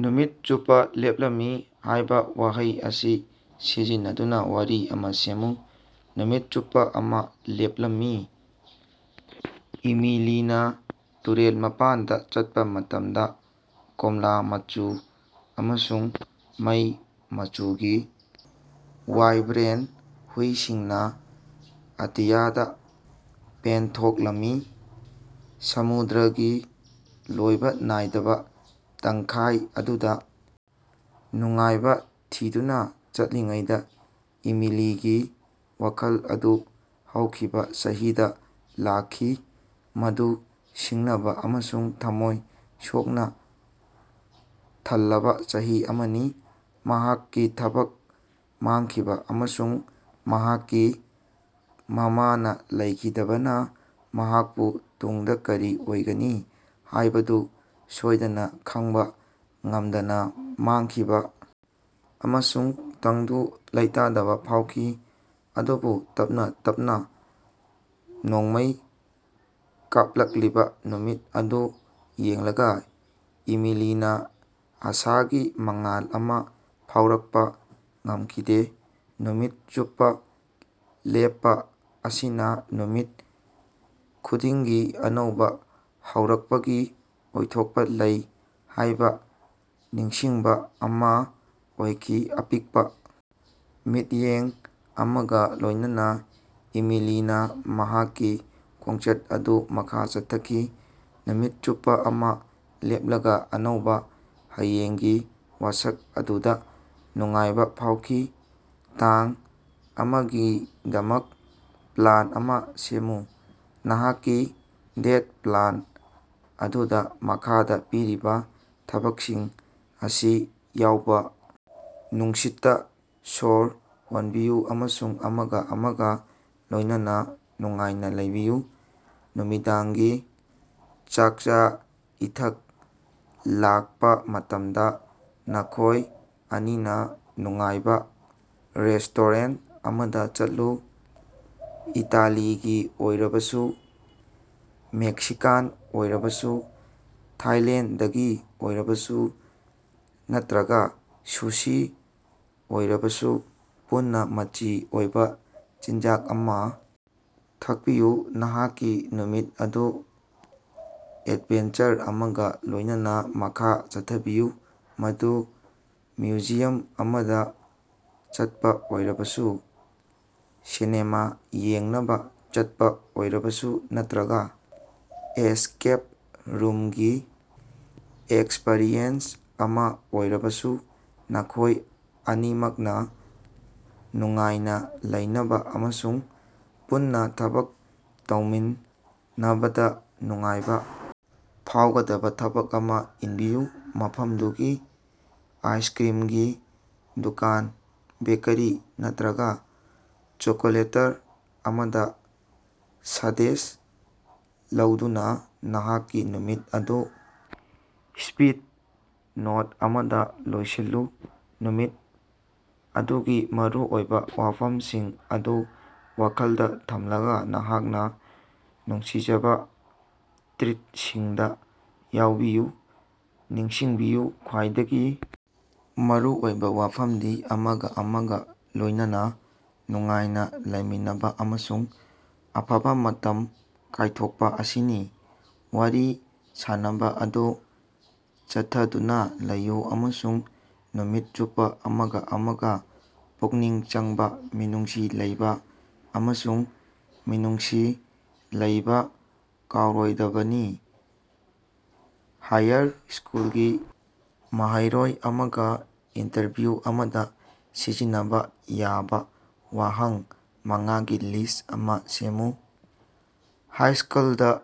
ꯅꯨꯃꯤꯠ ꯆꯨꯞꯄ ꯂꯦꯞꯂꯝꯃꯤ ꯍꯥꯏꯕ ꯋꯥꯍꯩ ꯑꯁꯤ ꯁꯤꯖꯤꯟꯅꯗꯨꯅ ꯋꯥꯔꯤ ꯑꯃ ꯁꯦꯝꯃꯨ꯫ ꯅꯨꯃꯤꯠ ꯆꯨꯞꯄ ꯑꯃ ꯂꯦꯞꯂꯝꯃꯤ, ꯏꯃꯤꯂꯤꯅ ꯇꯨꯔꯦꯜ ꯃꯄꯥꯟꯗ ꯆꯠꯄ ꯃꯇꯝꯗ ꯀꯣꯝꯂꯥ ꯃꯆꯨ ꯑꯃꯁꯨꯡ ꯂꯩ ꯃꯆꯨꯒꯤ ꯋꯥꯏꯕ꯭ꯔꯦꯟ ꯍꯨꯏꯁꯤꯡꯅ ꯑꯇꯤꯌꯥꯗ ꯄꯦꯟꯊꯣꯛꯂꯝꯃꯤ꯫ ꯁꯃꯨꯗ꯭ꯔꯒꯤ ꯂꯣꯏꯕ ꯅꯥꯏꯗꯕ ꯇꯪꯈꯥꯏ ꯑꯗꯨꯗ ꯅꯨꯡꯉꯥꯏꯕ ꯊꯤꯗꯨꯅ꯫ ꯆꯠꯂꯤꯉꯩꯗ ꯏꯃꯤꯂꯤꯒꯤ ꯋꯥꯈꯜ ꯑꯗꯨ ꯍꯧꯈꯤꯕ ꯆꯍꯤꯗ ꯂꯥꯛꯈꯤ, ꯃꯗꯨ ꯁꯤꯡꯅꯕ ꯑꯃꯁꯨꯡ ꯊꯝꯃꯣꯏ ꯁꯣꯛꯅ ꯊꯜꯂꯕ ꯆꯍꯤ ꯑꯃꯅꯤ꯫ ꯃꯍꯥꯛꯀꯤ ꯊꯕꯛ ꯃꯥꯡꯈꯤꯕ ꯑꯃꯁꯨꯡ ꯃꯍꯥꯛꯀꯤ ꯃꯃꯥꯅ ꯂꯩꯈꯤꯗꯕꯅ ꯃꯍꯥꯛꯄꯨ ꯇꯨꯡꯗ ꯀꯔꯤ ꯑꯣꯏꯒꯅꯤ ꯍꯥꯏꯕꯗꯨ ꯁꯣꯏꯗꯅ ꯈꯪꯕ ꯉꯝꯗꯅ ꯃꯥꯥꯡꯈꯤꯕ ꯑꯃꯁꯨꯡ ꯇꯪꯗꯨ ꯂꯩꯇꯥꯗꯕ ꯐꯥꯎꯈꯤ꯫ ꯑꯗꯨꯕꯨ ꯇꯞꯅ ꯇꯞꯅ ꯅꯣꯡꯃꯩ ꯀꯥꯞꯂꯛꯂꯤꯕ ꯅꯨꯃꯤꯠ ꯑꯗꯨ ꯌꯦꯡꯂꯒ ꯏꯃꯤꯂꯤꯅ ꯑꯥꯁꯥꯒꯤ ꯃꯉꯥꯜ ꯑꯃ ꯐꯥꯎꯔꯛꯄ ꯉꯝꯈꯤꯗꯦ꯫ ꯅꯨꯃꯤꯠ ꯆꯨꯞꯄ ꯂꯦꯞꯄ ꯑꯁꯤꯅ ꯅꯨꯃꯤꯠ ꯈꯨꯗꯤꯡꯒꯤ ꯑꯅꯧꯕ ꯍꯧꯔꯛꯄꯒꯤ ꯑꯣꯏꯊꯣꯛꯄ ꯂꯩ ꯍꯥꯏꯕ ꯅꯤꯡꯁꯤꯡꯕ ꯑꯃ ꯑꯣꯏꯈꯤ꯫ ꯑꯄꯤꯛꯄ ꯃꯤꯠꯌꯦꯡ ꯑꯃꯒ ꯂꯣꯏꯅꯅ ꯏꯃꯤꯂꯤꯅ ꯃꯍꯥꯛꯀꯤ ꯈꯣꯡꯆꯠ ꯑꯗꯨ ꯃꯈꯥ ꯆꯠꯊꯈꯤ, ꯅꯨꯃꯤꯠ ꯆꯨꯞꯄ ꯑꯃ ꯂꯦꯞꯂꯒ ꯑꯅꯧꯕ ꯍꯌꯦꯡꯒꯤ ꯋꯥꯁꯛ ꯑꯗꯨꯗ ꯅꯨꯡꯉꯥꯏꯕ ꯐꯥꯎꯈꯤ꯫ ꯇꯥꯡ ꯑꯃꯒꯤꯗꯃꯛ ꯄ꯭ꯂꯥꯟ ꯑꯃ ꯁꯦꯝꯃꯨ꯫ ꯅꯍꯥꯛꯀꯤ ꯗꯦꯠ ꯄ꯭ꯂꯥꯟ ꯑꯗꯨꯗ ꯃꯈꯥꯗ ꯄꯤꯔꯤꯕ ꯊꯕꯛꯁꯤꯡ ꯑꯁꯤ ꯌꯥꯎꯕ ꯅꯨꯡꯁꯤꯠꯇ ꯁ꯭ꯋꯔ ꯍꯣꯟꯕꯤꯌꯨ ꯑꯃꯁꯨꯡ ꯑꯃꯒ ꯑꯃꯒ ꯂꯣꯏꯅꯅ ꯅꯨꯡꯉꯥꯏꯅ ꯂꯩꯕꯤꯌꯨ꯫ ꯅꯨꯃꯤꯗꯥꯡꯒꯤ ꯆꯥꯀꯆꯥ-ꯏꯊꯛ ꯂꯥꯛꯄ ꯃꯇꯝꯗ, ꯅꯈꯣꯏ ꯑꯅꯤꯅ ꯅꯨꯡꯉꯥꯏꯕ ꯔꯦꯁꯇꯣꯔꯦꯟꯠ ꯑꯃꯗ ꯆꯠꯂꯨ꯫ ꯏꯇꯥꯂꯤꯒꯤ ꯑꯣꯏꯔꯕꯁꯨ, ꯃꯦꯛꯁꯤꯀꯥꯟ ꯑꯣꯏꯔꯕꯁꯨ, ꯊꯥꯏꯂꯦꯟꯗꯒꯤ ꯑꯣꯏꯔꯕꯁꯨ, ꯅꯠꯇ꯭ꯔꯒ ꯁꯨꯁꯤ ꯑꯣꯏꯔꯕꯁꯨ, ꯄꯨꯟꯅ ꯃꯆꯤ ꯑꯣꯏꯕ ꯆꯤꯟꯖꯥꯛ ꯑꯃ ꯊꯛꯄꯤꯌꯨ꯫ ꯅꯍꯥꯛꯀꯤ ꯅꯨꯃꯤꯠ ꯑꯗꯨ ꯑꯦꯗꯚꯦꯟꯆꯔ ꯑꯃꯒ ꯂꯣꯏꯅꯅ ꯃꯈꯥ ꯆꯠꯊꯕꯤꯌꯨ, ꯃꯗꯨ ꯃ꯭ꯌꯨꯖꯤꯌꯝ ꯑꯃꯗ ꯆꯠꯄ ꯑꯣꯏꯔꯕꯁꯨ, ꯁꯤꯅꯦꯃꯥ ꯌꯦꯡꯅꯕ ꯆꯠꯄ ꯑꯣꯏꯔꯕꯁꯨ ꯅꯠꯇ꯭ꯔꯒ ꯑꯦꯁꯀꯦꯞ ꯔꯨꯝꯒꯤ ꯑꯦꯛꯁꯄꯔꯤꯌꯦꯟꯁ ꯑꯃ ꯑꯣꯏꯔꯕꯁꯨ꯫ ꯅꯈꯣꯏ ꯑꯅꯤꯃꯛꯅ ꯅꯨꯡꯉꯥꯏꯅ ꯂꯩꯅꯕ ꯑꯃꯁꯨꯡ ꯄꯨꯟꯅ ꯊꯕꯛ ꯇꯧꯃꯤꯟꯅꯕꯗ ꯅꯨꯡꯉꯥꯏꯕ ꯐꯥꯎꯒꯗꯕ ꯊꯕꯛ ꯑꯃ ꯏꯟꯕꯤꯌꯨ꯫ ꯃꯐꯝꯗꯨꯒꯤ ꯑꯥꯏꯁꯀ꯭ꯔꯤꯝꯒꯤ ꯗꯨꯀꯥꯟ, ꯕꯦꯀꯔꯤ ꯅꯠꯇ꯭ꯔꯒ ꯆꯣꯀꯣꯂꯦꯇꯔ ꯑꯃꯗ ꯁꯥꯗꯦꯁ ꯂꯧꯗꯨꯅ ꯅꯍꯥꯛꯀꯤ ꯅꯨꯃꯤꯠ ꯑꯗꯨ ꯁ꯭ꯕꯤꯠ ꯅꯣꯠ ꯑꯃꯗ ꯂꯣꯏꯁꯤꯜꯂꯨ꯫ ꯅꯨꯃꯤꯠ ꯑꯗꯨꯒꯤ ꯃꯔꯨꯑꯣꯏꯕ ꯋꯥꯐꯝꯁꯤꯡ ꯑꯗꯨ ꯋꯥꯈꯜꯗ ꯊꯝꯂꯒ ꯅꯍꯥꯛꯅ ꯅꯨꯡꯁꯤꯖꯕ ꯇ꯭ꯔꯤꯠꯁꯤꯡꯗ ꯌꯥꯎꯕꯤꯌꯨ꯫ ꯅꯤꯡꯁꯤꯡꯕꯤꯌꯨ, ꯈ꯭ꯋꯥꯏꯗꯒꯤ ꯃꯔꯨ ꯑꯣꯏꯕ ꯋꯥꯐꯝꯗꯤ ꯑꯃꯒ ꯑꯃꯒ ꯂꯣꯏꯅꯅ ꯅꯨꯡꯉꯥꯏꯅ ꯂꯩꯃꯤꯟꯅꯕ ꯑꯃꯁꯨꯡ ꯑꯐꯕ ꯃꯇꯝ ꯀꯥꯏꯊꯣꯛꯄ ꯑꯁꯤꯅꯤ꯫ ꯋꯥꯔꯤ ꯁꯥꯅꯕ ꯑꯗꯨ ꯆꯠꯊꯗꯨꯅ ꯂꯩꯌꯨ ꯑꯃꯁꯨꯡ ꯅꯨꯃꯤꯠ ꯆꯨꯞꯄ ꯑꯃꯒ ꯑꯃꯒ ꯄꯨꯛꯅꯤꯡ ꯆꯪꯕ, ꯃꯤꯅꯨꯡꯁꯤ ꯂꯩꯕ ꯑꯃꯁꯨꯡ ꯃꯤꯅꯨꯡꯁꯤ ꯂꯩꯕ ꯀꯥꯎꯔꯣꯏꯗꯕꯅꯤ꯫ ꯍꯥꯌꯔ ꯁ꯭ꯀꯨꯜꯒꯤ ꯃꯍꯩꯔꯣꯏ ꯑꯃꯒ ꯏꯟꯇꯔꯚꯤꯎ ꯑꯃꯗ ꯁꯤꯖꯤꯟꯅꯕ ꯌꯥꯕ ꯋꯥꯍꯪ ꯃꯉꯥꯒꯤ ꯂꯤꯁ꯭ꯠ ꯑꯃ ꯁꯦꯝꯃꯨ꯫ ꯍꯥꯏꯁ꯭ꯀꯜꯗ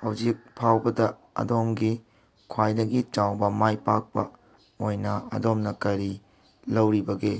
ꯍꯧꯖꯤꯛ ꯐꯥꯎꯕꯗ ꯑꯗꯣꯝꯒꯤ ꯈ꯭ꯋꯥꯏꯗꯒꯤ ꯆꯥꯎꯕ ꯃꯥꯏꯄꯥꯛꯄ ꯑꯣꯏꯅ ꯑꯗꯣꯝꯅ ꯀꯔꯤ ꯂꯧꯔꯤꯕꯒꯦ?